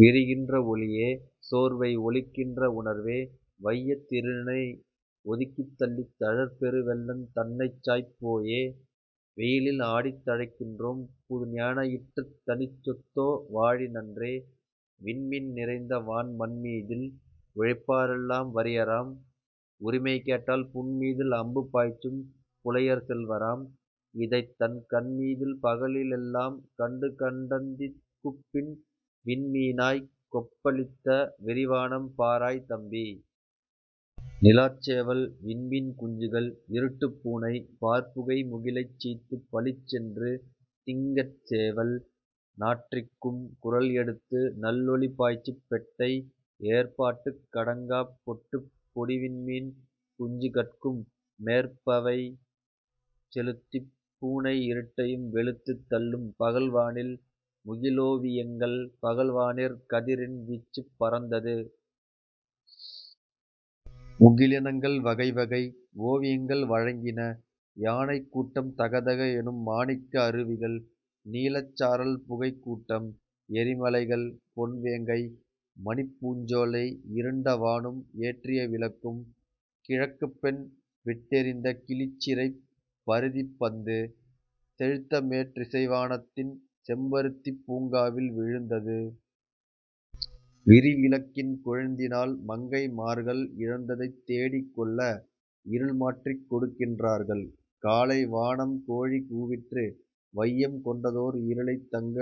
விரிகின்ற ஒளியே, சோர்வை ஒளிக்கின்ற உணர்வே, வையத் திருளினை ஒதுக்கித் தள்ளித் தழற் பெரு வெள்ளந் தன்னைச் சாய்ப் போயே, வெயிலில் ஆடித் தழைக்கின்றோம் புதுஞா யிற்றுத் தனிச்சொத்தோ வாழி நன்றே. விண்மீன் நிறைந்த வான் மண்மீதில் உழைப்பா ரெல்லாம் வறியராம்! உரிமை கேட்டால் புண்மீதில் அம்பு பாய்ச்சும் புலையர்செல் வராம்; இதைத் தன் கண்மீதில் பகலி லெல்லாம் கண்டுகண் டந்திக் குப்பின் விண்மீனாய்க் கொப்ப ளித்த விரிவானம் பாராய் தம்பி! நிலாச்சேவல், விண்மீன் குஞ்சுகள், இருட்டுப்பூனை பாற்புகை முகிலைச் சீய்த்துப் பளிச்சென்று "திங்கட் சேவல்" நாற்றிக்கும் குரல் எடுத்து நல்லொளி பாய்ச்சிப் பெட்டை ஏற்பாட்டுக் கடங்காப் பொட்டுப் பொடிவிண்மீன் குஞ்சு கட்கும் மேற்பார்வை செலுத்திப் "பூனை இருட்டையும்" வெளுத்துத் தள்ளும். பகல் வானில் முகிலோவியங்கள் பகல்வானிற் கதிரின் வீச்சுப் பரந்தது! முகிலி னங்கள் வகைவகை ஓவி யங்கள் வழங்கின; யானைக் கூட்டம்! தகதக எனும்மா ணிக்க அருவிகள்! நீலச் சாரல்! புகைக்கூட்டம்! எரிம லைகள்! பொன் வேங்கை! மணிப்பூஞ்சோலை! இருண்ட வானும் ஏற்றிய விளக்கும் கிழக்குப்பெண் விட்டெ றிந்த கிளிச்சிறைப் பரிதிப் பந்து, செழித்தமேற் றிசைவா னத்தின் செம்பருத் திப்பூங் காவில் விழுந்தது! விரிவிளக்கின் கொழுந்தினால் மங்கை மார்கள் இழந்ததைத் தேடிக் கொள்ள இருள்மாற்றிக் கொடுக்கின் றார்கள்! காலை வானம் கோழிகூ விற்று! வையம், கொண்டதோர் இருளைத் தங்க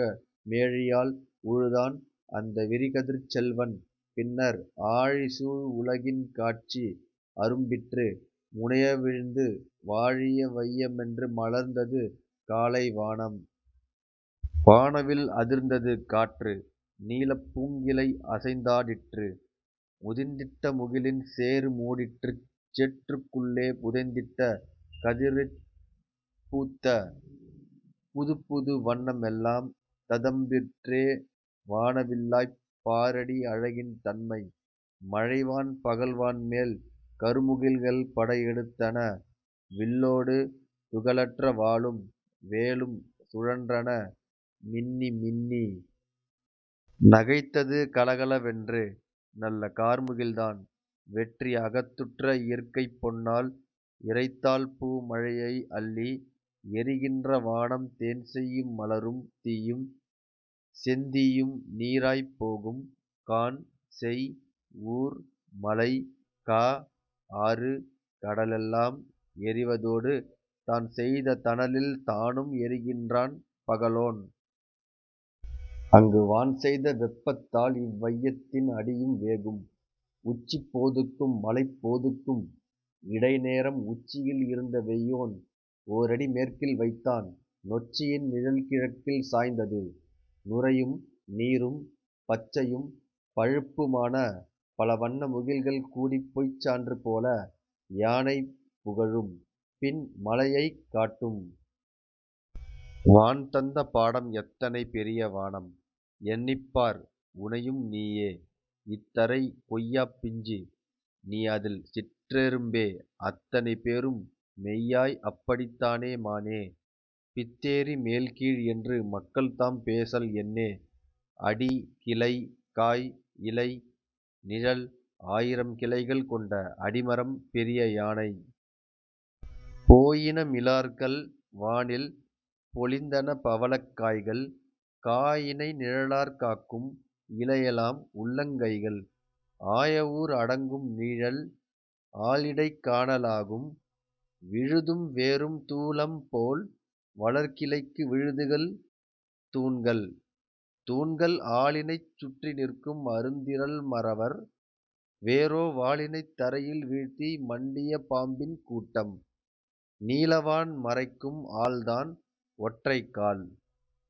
மேழியால் உழுதான் அந்த விரிகதிர்ச் செல்வன்; பின்னர் ஆழிசூழ் உலகின் காட்சி அரும்பிற்று! முனைய விழ்ந்து வாழிய வைய மென்று மலர்ந்தது காலை வானம்! வானவில் அதிர்ந்தது காற்று! நீளப் பூங்கிளை அசைந்தா டிற்று! முதிர்ந்திட்ட முகிலின் சேறு மூடிற்றுச்! சேற்றுக் குள்ளே புதைந்திட்ட கதிரிற் பூத்த புதுப்புது வண்ண மெல்லாம் ததம்பிற்றே வான வில்லாய்ப்! பாரடி அழகின் தன்மை! மழை வான் பகல்வான்மேல் கருமு கில்கள் படையெடுத் தன! வில்லோடு துகளற்ற வாளும், வேலும் சுழன்றன மின்னி மின்னி! நகைத்தது கலகல வென்று நல்ல கார்முகில்தான்! வெற்றி அகத்துற்ற இயற்கைப் பெண்ணாள் இறைத்தாள்பூ மழையை அள்ளி! எரிகின்ற வானம் தேன்செய்யும் மலரும் தீயும்! செந்தீயும் நீறாய்ப் போகும்! கான், செய், ஊர், மலை, கா, ஆறு கடலெல்லாம் எரிவ தோடு தான்செய்த தணலில் தானும் எரிகின்றான் பகலோன்! அங்கு வான்செய்த வெப்பத் தால்இவ் வையத்தின் அடியும் வேகும்! உச்சிப் போதுக்கும் மாலப் போதுக்கும் இடை நேரம் உச்சியில் இருந்த வெய்யோன், ஓரடி மேற்கில் வைத்தான், நொச்சியின் நிழல்கி ழக்கில் சாய்ந்தது! நுரையும், நீரும், பச்சையும், பழுப்பு மான பலவண்ண முகில்கள் கூடிப் பொய்ச்சான்று போல, யானை புகழும்; பின் மலையைக் காட்டும். வான் தந்த பாடம் எத்தனை பெரிய வானம்! எண்ணிப்பார் உனையும் நீயே; இத்தரை, கொய்யாப் பிஞ்சு; நீஅதில் சிற்றெ றும்பே அத்தனை பேரும் மெய்யாய் அப்படித் தானே மானே? பித்தேறி மேல்கீழ் என்று மக்கள்தாம் பேசல் என்னே! அடி, கிளை, காய், இலை, நிழல் ஆயிரம் கிளைகள் கொண்ட அடிமரம் பெரிய யானை! போயின மிலார்கள் வானில்! பொலிந்தன பவளக் காய்கள்! காயினை நிழலாற் காக்கும் இலையெலாம், உள்ளங் கைகள்! ஆயஊர் அடங்கும் நீழல், ஆலிடைக் காண லாகும்! விழுதும் வேரும் தூலம்போல் வளர்கி ளைக்கு விழுதுகள் தூண்கள்! தூண்கள் ஆலினைச் சுற்றி நிற்கும் அருந்திறல் மறவர்! வேரோ வாலினைத் தரையில் வீழ்த்தி மண்டிய பாம்பின் கூட்டம்! நீலவான் மறைக்கும் ஆல்தான் ஒற்றைக்கால்